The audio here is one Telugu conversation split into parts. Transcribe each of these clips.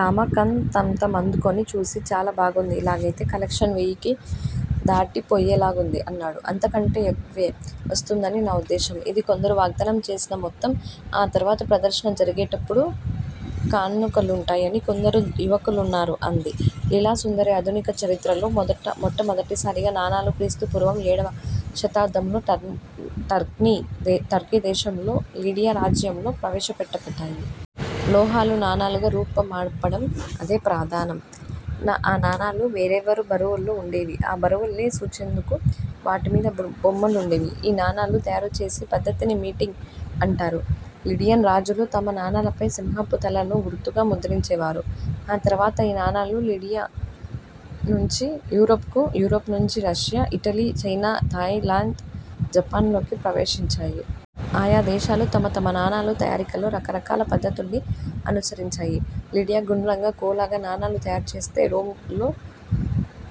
రామాకంతంఅందుకునిచూసి చాలా బాగుంది. ఇలాగయితే కలెక్షన్ వెయ్యికి దాటిపోయేలాగుంది అన్నాడు. అంతకంటే ఎక్కువే వస్తుందని నా ఉద్దేశ్యం. ఇది కొందరు వాగ్ధానం చేసిన మొత్తం. ఆ తరవాత ప్రదర్శన జరిగేటప్పుడు కానుకలుంటాయని కొందరు యువకులున్నారు అంది లీలాసుందరి. ఆధునిక చరిత్రలో మొట్టమొదటిసారిగా నాణాలు క్రీస్తుపూర్వం ఏడవ శతాబ్దంలో టర్కీ దేశంలో లిడియా రాజ్యంలో ప్రవేశపెట్టబడ్డాయి. లోహాలు, నాణాలుగా రూపుమాపడం అదే ప్రథమం. ఆ నాణాలు వేర్వేరు బరువుల్లో వుండేవి. ఆ బరువుల్ని సూచించేందుకు వాటిమీద బొమ్మలుండేవి. ఈ నాణాలు తయారుచేసే పద్ధతిని మీటింగ్ అంటారు. లిడియన్ రాజులు తమ నాణాలపై సింహపు తలను గుర్తుగా ముద్రించేవారు ఆ తర్వాత ఈ నాణాలు లిడియా నుంచి యూరప్ కు, యూరప్ నుంచి Russia, Italy, China, Thailand, Japan ల్లోకి ప్రవేశించాయి. ఆయా దేశాలు, తమ తమ నాణాల తయారీలో రకరకాల పద్ధతుల్ని అనుసరించాయి. లిడియా గుండ్రంగా, కోలగా నాణాలు తయారుచేస్తే, రోమ్ లో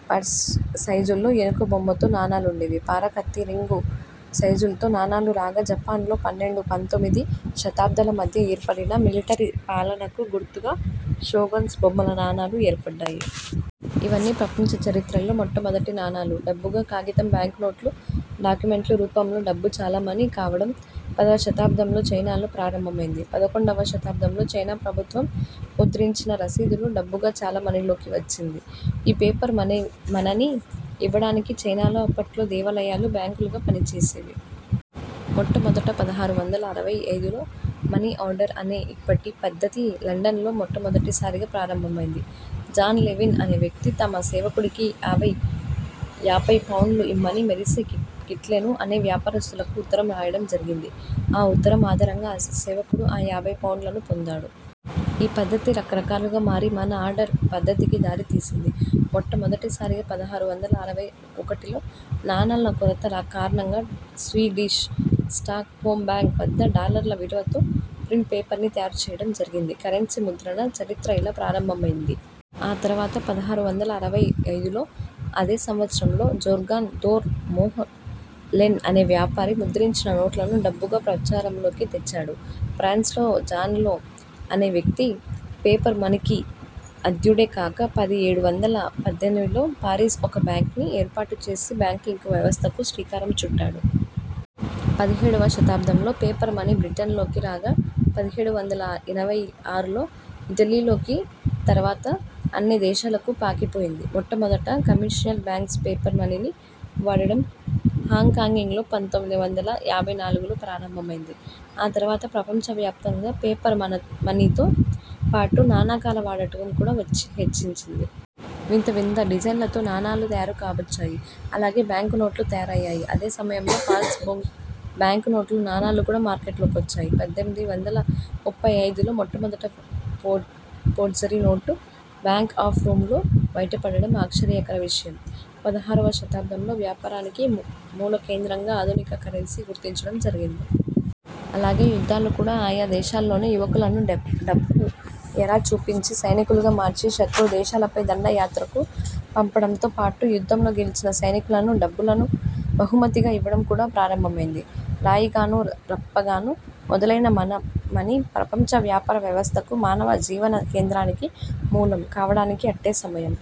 పర్స్ సైజులో ఏనుగుబొమ్మతో నాణాలుండేవి. పార, కత్తి, రింగు సైజులలో నాణాలు రాగా, జపాన్ లో పన్నెండు -పంతోమిది శతాబ్దాల మధ్య ఏర్పడిన మిలటరీ పాలనకు గుర్తుగా షోగన్స్ బొమ్మల నాణాలు, ఏర్పడ్డాయి. ఇవన్నీ ప్రపంచ చరిత్రలో మొట్టమొదటి నాణాలు. డబ్బుగా కాగితం బ్యాంకునోట్లు, డాక్యుమెంట్ల రూపంలో డబ్బు చలామణీ కావడం. పదవ శతాబ్దంలో చైనాలో ప్రారంభమైంది. పడుకొండవ శతాబ్దంలో చైనా ప్రభుత్వం ముద్రించిన రసీదులు డబ్బుగా చలామణీలోకి వచ్చింది. ఈ పేపర్ మనీని యివ్వడానికి చైనాలో అప్పట్లో దేవాలయాలు బ్యాంకులుగా పనిచేసేవి. మొట్టమొదట పదహారు వందల అరవై ఐదులో మని ఆర్డర్ అనే ఇప్పటి పద్ధతి లండన్ లో మొట్టమొదటిసారిగా ప్రారంభమైంది. జాన్ లెవీన్ అనే వ్యక్తి, తన సేవకుడికి యాభై పౌండ్లు ఇమ్మని మోరిసే క్లీటన్ అనే వ్యాపారస్తులకు ఉత్తరం రాయడం జరిగింది. ఆ ఉత్తరం ఆధారంగా ఆ సేవకుడు ఆ యాభై పౌండ్లనూ పొందాడు. ఈ పద్ధతే రకరకాలుగా మారి మని ఆర్డర్ పద్ధతికి దారి తీసింది. మొట్టమొదటిసారిగా పదహారు వందల అరవై ఒకటిలో నాణాల కొరత కారణంగా స్వీడిష్ స్టాక్ హోం బ్యాంక్ వంద డాలర్ల విలువతో ప్రింట్ పేపర్ ని తయారు చెయ్యడం జరిగింది. కరెన్సీ ముద్రణ చరిత్ర ఇలా ప్రారంభమైంది. ఆ తర్వాత పదహారు వందల అరవై ఐదులో అదే సంవత్సరంలో జోర్గాన్ ధోర్ మోహ్ లెన్ అనే వ్యాపారి ముద్రించిన నోట్లను డబ్బుగా ప్రచారంలోకి తెచ్చాడు. ఫ్రాన్స్ లో జాన్ లా అనే వ్యక్తి పేపర్ మనీకి ఆద్యుడే కాక, పది ఏడు వందల పద్దెనిమిదిలో పారిస్ ఒక బ్యాంక్ ని ఏర్పాటు చేసి, బ్యాంకింగ్ వ్యవస్థకు శ్రీకారం చుట్టాడు. పదిహేడువ శతాబ్దంలో పేపర్ మనీ బ్రిటన్ లోకి రాగా, పదిహేడు వందల ఎనభై ఆరులో ఇటలీలోకి, తర్వాత్తర్వాత అన్ని దేశాలకు పాకిపోయింది. మొట్టమొదట కమర్షియల్ బ్యాంక్స్ పేపర్ మనీని వాడడం హాంకాంగ్ లో పంతొమ్మిది వందల యాభై నాలుగులో ప్రారంభమైంది. ఆ తర్వాత ప్రపంచ వ్యాప్తంగా పేపర్ మనీతో పాటు నాణాల వాడకం కూడా హెచ్చింది. వింత వింత డిజైన్లతో, నాణాలు తయారు కాజొచ్చాయి. అలాగే బ్యాంకు నోట్లు తయారయ్యాయి. అదే సమయంలో ఫాల్స్ బ్యాంకునోట్లు, నాణాలు కూడా మార్కెట్లోకొచ్చాయి. పద్దెనిమిది వందల ముప్పై ఐదులో మొట్టమొదట forgery note bank of Rome లో బయటపడడం ఆశ్చర్యకర విషయం- పదహారువ శతాబ్దంలో వ్యాపారానికి మూలకేంద్రంగా ఆధునిక కరెన్సీని గుర్తించడం జరిగింది. అలాగే యుద్ధాలు కూడా ఆయా దేశాల్లోని యువకులకు, డబ్బు ఎర చూపి, సైనికులుగా మార్చి శత్రుదేశాలపై దండయాత్రకు పంపడంతో పాటు, యుద్ధంలో గెలిచిన సైనికులకు డబ్బును బహుమతిగా ఇవ్వడం కూడా ప్రారంభమైంది. రాయిగానూ, రప్పగానూ మొదలైన మనీ, ప్రపంచ వ్యాపార వ్యవస్థకు, మానవ జీవన కేంద్రానికి మూలం కావడానికి అట్టే సమయం